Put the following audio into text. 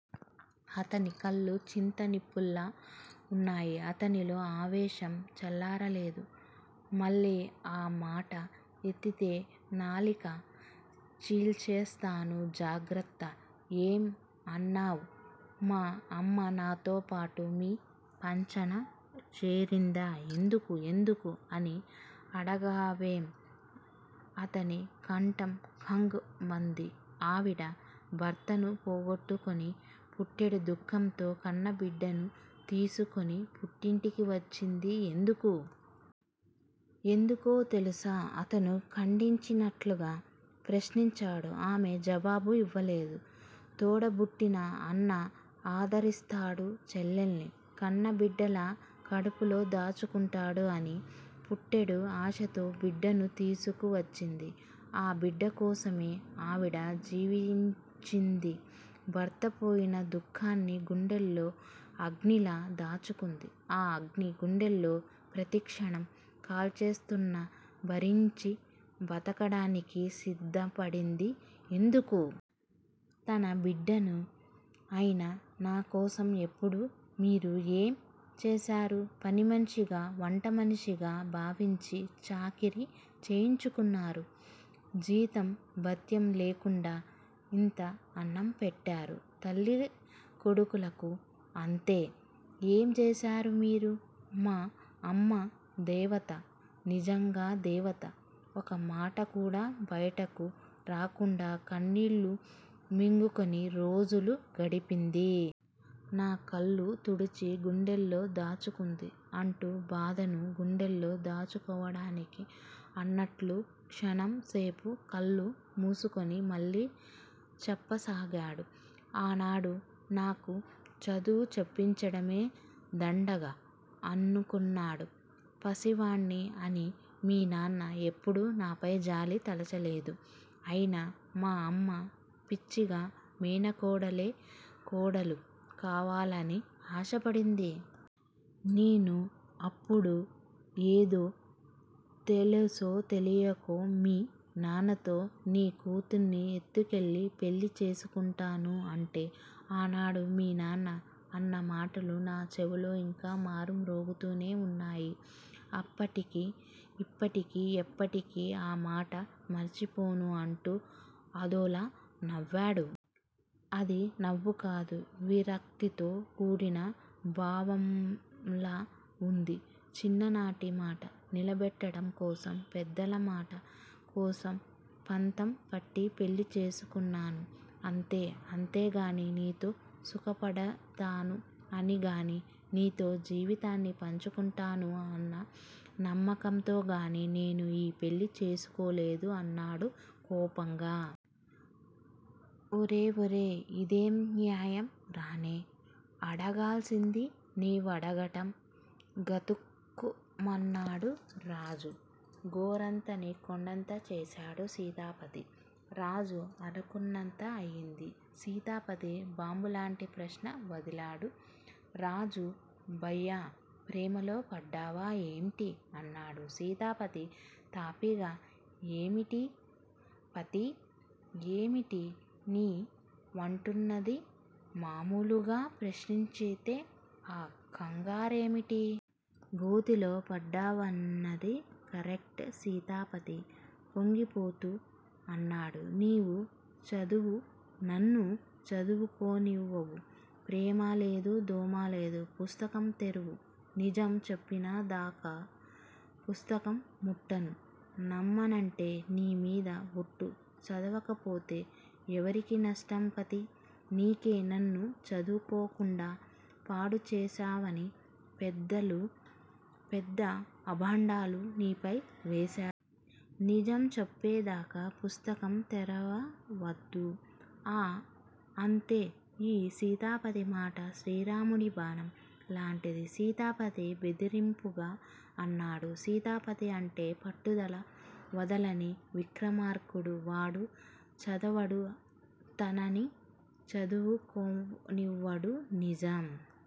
అతని కళ్ళు చింత నిప్పుల్లా ఉన్నాయి. అతనిలో ఆవేశం చల్లారలేదు. మళ్ళీ ఆ మాట ఎత్తితే నాలిక చీల్చేస్తాను జాగ్రత్త. ఏం అన్నావు! మా అమ్మ నాతో పాటు మీ పంచన చేరిందా! ఎందుకు! ఎందుకు అని అడగవేం! అతని కంఠం కంగ్ మంది ఆవిడ భర్తను పోగొట్టుకుని పుట్టెడు దుఃఖంతో కన్న బిడ్డను తీసుకుని పుట్టింటికి వచ్చింది ఎందుకు? ఎందుకో తెలుసా! అతను ఖండించినట్టుగా ప్రశ్నించాడు. ఆమె జవాబు ఇవ్వలేదు. తోడ బుట్టిన అన్న ఆదరిస్తాడు. చెల్లెల్ని కన్నబిడ్డలా కడుపులో దాచుకుంటాడు అని పుట్టెడు ఆశతో బిడ్డను తీసుకువచ్చింది. ఆ బిడ్డ కోసమే ఆవిడ జీవించింది. భర్తపోయిన దుఃఖాన్ని గుండెల్లో అగ్నిలా దాచుకుంది. ఆ అగ్ని గుండెల్లో ప్రతిక్షణం కాల్చేస్తున్నా భరించి బ్రతకడానికి సిద్ధపడింది ఎందుకు? తన బిడ్డను అయిన నాకోసం ఎప్పుడు మీరు ఏం చేశారు? పనిమనిషిగా వంటమనిషిగా భావించి, చాకిరీ చేయించుకున్నారు! జీతం బత్తెం లేకుండా ఇంత అన్నం పెట్టారు తల్లీ కొడుకులకు అంతే! ఏం చేశారు మీరు మా అమ్మ దేవత నిజంగా దేవత. ఒక మాటకూడా బయటకు రాకుండా కన్నీళ్ళు మింగుకుని రోజులు గడిపింది. నా కళ్ళు తుడిచి గుండెల్లో దాచుకుంది అంటూ బాధను గుండెల్లో దాచుకోవడానికి అన్నట్టు క్షణం సేపు కళ్ళు మూసుకుని మళ్ళీ చెప్ప సాగాడు. ఆనాడు నాకు చదువు చెప్పించడమే దండగ అనుకున్నాడు. పసివాడ్ని అని మీనాన్న ఎప్పుడూ నాపై జాలి తలచలేదు. అయినా మా అమ్మ పిచ్చిగా మేనకోడలే కోడలు కావాలని ఆశపడింది. నేను అప్పుడు ఏదో తెలిసో తెలియకో మీ నాన్నతో నీ కూతుర్ని ఎత్తుకెళ్ళి పెళ్ళి చేసుకొంటాను అంటే ఆనాడు మీ నాన్న అన్న మాటలు నా చెవులో ఇంకా మారు మ్రోగుతూనే ఉన్నాయి! అప్పటికీ ఇప్పటికీ ఎప్పటికీ ఆ మాట మర్చిపోను అంటూ అదోలా నవ్వాడు. అది నవ్వుకాదు. విరక్తితో కూడిన భావంలా ఉంది. చిన్ననాటి మాట నిలబెట్టటం కోసం పెద్దల మాట కోసం పంతం పట్టి పెళ్ళి చేసుకున్నాను. అంతే! అంతేగాని నీతో సుఖ పడతాను అని గాని నీతో జీవితాన్ని పంచుకుంటాను అన్న నమ్మకంతో గానీ నేను ఈ పెళ్ళి చేసుకోలేదు అన్నాడు కోపంగా. ఒరేయ్! ఒరేయ్! ఇందేం న్యాయంరానే అడగాల్సింది నీవడగటం? గతుక్కుమన్నాడు రాజు. గోరంతని కొండంత చేస్తాడు. సీతాపతి. రాజు అనుకున్నంత అయింది. సీతాపతి బాంబులాంటి ప్రశ్న వదిలాడు, రాజూ భయ్యా! ప్రేమలో పడ్డావా ఏమిటి? అన్నాడు సీతాపతి తాపీగా. ఏమిటి పతీ! ఏమిటి నీవంటున్నది? మామూలుగా ప్రశ్నించితే ఆ కంగారేమిటి? గోతిలో పడ్డావన్నది కరెక్ట్ సీతాపతి పొంగిపోతూ అన్నాడు. నీవు చదవ్వు నన్ను చదువుకోనివ్వవు. ప్రేమా లేదు దోమా లేదు. పుస్తకం తెరువు. నిజం చెప్పిన దాకా పుస్తకం ముట్టను. నమ్మనంటే, నీ మీద ఒట్టు. చదవకపోతే ఎవరికి నష్టం పతీ? నీకే, నన్ను చదువుకోకుండా పాడుచేశావని పెద్దలు పెద్ద అబాండాలు నీపై వేస్తారు. నిజం చెప్పిందాకా పుస్తకం తెరవవద్దు.ఆ అంతే ఈ సీతాపతి మాట శ్రీరాముడి బాణం లాంటిది. సీతాపతి బెదిరింపుగా అన్నాడు సీతాపతి అంటే పట్టుదల వదలని విక్రమార్కుడు వాడు చదవడు తనని చదువుకోనివ్వడు. నిజం